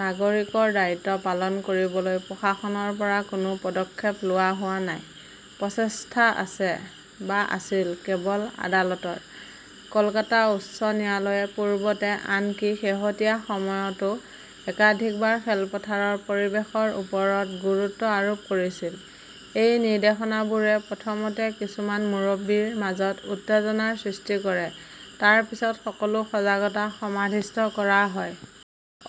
নাগৰিকৰ দায়িত্ব পালন কৰিবলৈ প্ৰশাসনৰ পৰা কোনো পদক্ষেপ লোৱা হোৱা নাই। প্ৰচেষ্টা আছে, বা আছিল, কেৱল আদালতৰ। কলকাতা উচ্চ ন্যায়ালয়ে পূৰ্বতে, আনকি শেহতীয়া সময়তও একাধিকবাৰ খেলপথাৰৰ পৰিৱেশৰ ওপৰত গুৰুত্ব আৰোপ কৰিছিল। এই নিৰ্দেশনাবোৰে প্ৰথমতে কিছুমান মুৰব্বীৰ মাজত উত্তেজনাৰ সৃষ্টি কৰে, তাৰ পিছত সকলো সজাগতা সমাধিস্থ কৰা হয়।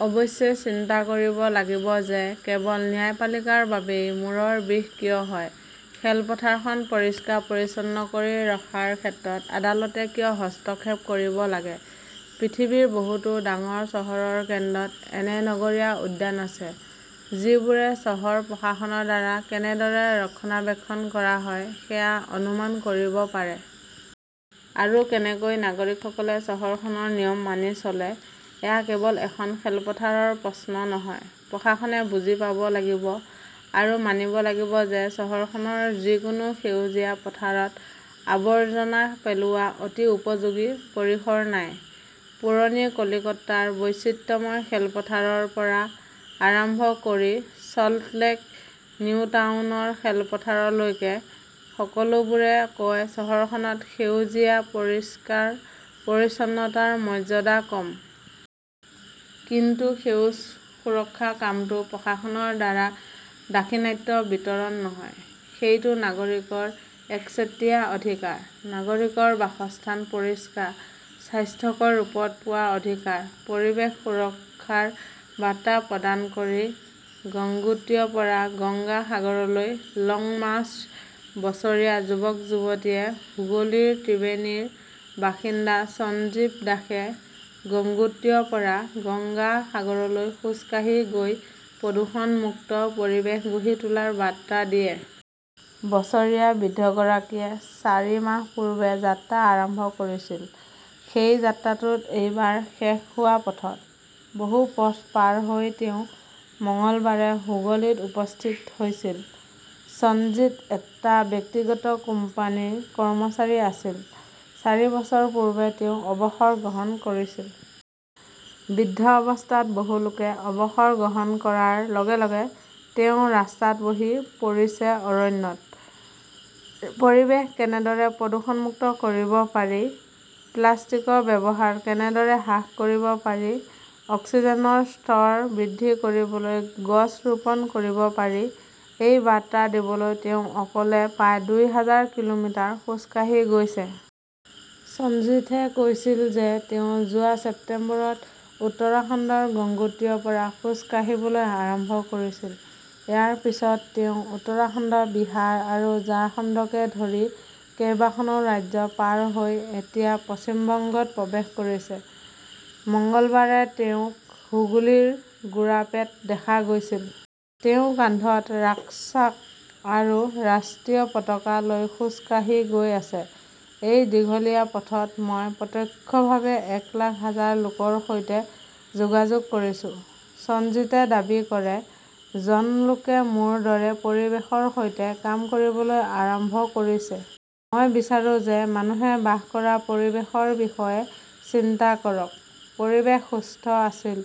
অৱশ্যে, চিন্তা কৰিব লাগিব যে কেৱল ন্যায়পালিকাৰ বাবেই মূৰৰ বিষ কিয় হয়। খেলপথাৰখন পৰিষ্কাৰ-পৰিচ্ছন্ন কৰি ৰখাৰ ক্ষেত্ৰত আদালতে কিয় হস্তক্ষেপ কৰিব লাগে। পৃথিৱীৰ বহুতো ডাঙৰ চহৰৰ কেন্দ্ৰত এনে নগৰীয়া উদ্যান আছে, যিবোৰে চহৰ প্ৰশাসনৰ দ্বাৰা কেনেদৰে ৰক্ষণাবেক্ষণ কৰা হয় সেয়া অনুমান কৰিব পাৰে। আৰু কেনেকৈ নাগৰিকসকলে চহৰখনৰ নিয়ম মানি চলে। এয়া কেৱল এখন খেলপথাৰৰ প্ৰশ্ন নহয়। প্ৰশাসনে বুজি পাব লাগিব আৰু মানিব লাগিব যে চহৰখনৰ যিকোনো সেউজীয়া পথাৰত আৱৰ্জনা পেলোৱাৰ অতি উপযোগী পৰিসৰ নাই। পুৰণি কলিকতাৰ বৈচিত্ৰ্যময় খেলপথাৰৰ পৰা আৰম্ভ কৰি চল্টলেক নিউটাউনৰ খেলপথাৰলৈকে, সকলোবোৰে কয়-চহৰখনত সেউজীয়া পৰিষ্কাৰ-পৰিচ্ছন্নতাৰ মৰ্যাদা কম। কিন্তু সেউজ সুৰক্ষাৰ কামটো প্ৰশাসনৰ দ্বাৰা দাক্ষিণাত্য বিতৰণ নহয়। সেইটো নাগৰিকৰ একচেটিয়া অধিকাৰ। নাগৰিকৰ বাসস্থান পৰিষ্কাৰ, স্বাস্থ্যকৰ ৰূপত পোৱাৰ অধিকাৰ। পৰিৱেশ সুৰক্ষাৰ বাৰ্তা প্ৰদান কৰি গংগোত্ৰীৰ পৰা গংগা সাগৰলৈ 'লং মাৰ্চ বছৰীয়া যুৱক-যুৱতীয়ে হুগলীৰ ত্ৰিবেণীৰ বাসিন্দা সঞ্জীৱত দাসে গংগোত্ৰীৰ পৰা গংগা সাগৰলৈ খোজ কাঢ়ি গৈ প্ৰদূষণ মুক্ত পৰিৱেশ গঢ়ি তোলাৰ বাৰ্তা দিয়ে। বছৰীয়া বৃদ্ধগৰাকীয়ে চাৰি মাহ পূৰ্বে যাত্ৰা আৰম্ভ কৰিছিল। সেই যাত্ৰাটো এইবাৰ শেষ হোৱাৰ পথত। বহু পথ পাৰ হৈ তেওঁ মঙলবাৰে হুগলীত উপস্থিত হৈছিল। ছঞ্জিত এটা ব্যক্তিগত কোম্পানীৰ কৰ্মচাৰী আছিল। চাৰি বছৰ পূৰ্বে তেওঁ অৱসৰ গ্ৰহণ কৰিছিল। বৃদ্ধ অৱস্থাত বহু লোকে অৱসৰ গ্ৰহণ কৰাৰ লগে লগে তেওঁ ৰাস্তাত বহি পৰিছে-অৰণ্যত। পৰিৱেশ কেনেদৰে প্ৰদূষণমুক্ত কৰিব পাৰি, প্লাষ্টিকৰ ব্যৱহাৰ কেনেদৰে হ্ৰাস কৰিব পাৰি, অক্সিজেনৰ স্তৰ বৃদ্ধি কৰিবলৈ গছ ৰোপণ কৰিব পাৰি, এই বাৰ্তা দিবলৈ তেওঁ অকলে প্ৰায় দুই হাজাৰ কিলোমিটাৰ খোজ কাঢ়ি গৈছে। সঞ্জীথে কৈছিল যে তেওঁ যোৱা ছেপ্টেম্বৰত উত্তৰাখণ্ডৰ গংগোত্ৰীৰ পৰা খোজ কাঢ়িবলৈ আৰম্ভ কৰিছিল। ইয়াৰ পিছত তেওঁ উত্তৰাখণ্ড, বিহাৰ আৰু ঝাৰখণ্ডকে ধৰি কেইবাখনো ৰাজ্য পাৰ হৈ এতিয়া পশ্চিম বংগত প্ৰৱেশ কৰিছিল। মঙলবাৰে তেওঁক হুগলীৰ গুৰাপেত দেখা গৈছিল। তেওঁ কান্ধত ৰাক্সাক আৰু ৰাষ্ট্ৰীয় পতাকা লৈ খোজ কাঢ়ি গৈ আছে। এই দীঘলীয়া পথত মই প্ৰত্যক্ষভাৱে এক লাখ হাজাৰ লোকৰ সৈতে যোগাযোগ কৰিছো, সঞ্জিতে দাবী কৰে। জন লোকে মোৰ দৰে পৰিৱেশৰ সৈতে কাম কৰিবলৈ আৰম্ভ কৰিছে। মই বিচাৰো যে মানুহে বাস কৰা পৰিৱেশৰ বিষয়ে চিন্তা কৰক। পৰিৱেশ সুস্থ আছিল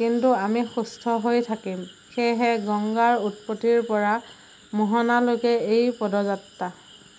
কিন্তু আমি সুস্থ হৈ থাকিম। সেয়েহে গংগাৰ উৎপত্তিৰ পৰা মোহনালৈকে এই পদযাত্ৰা।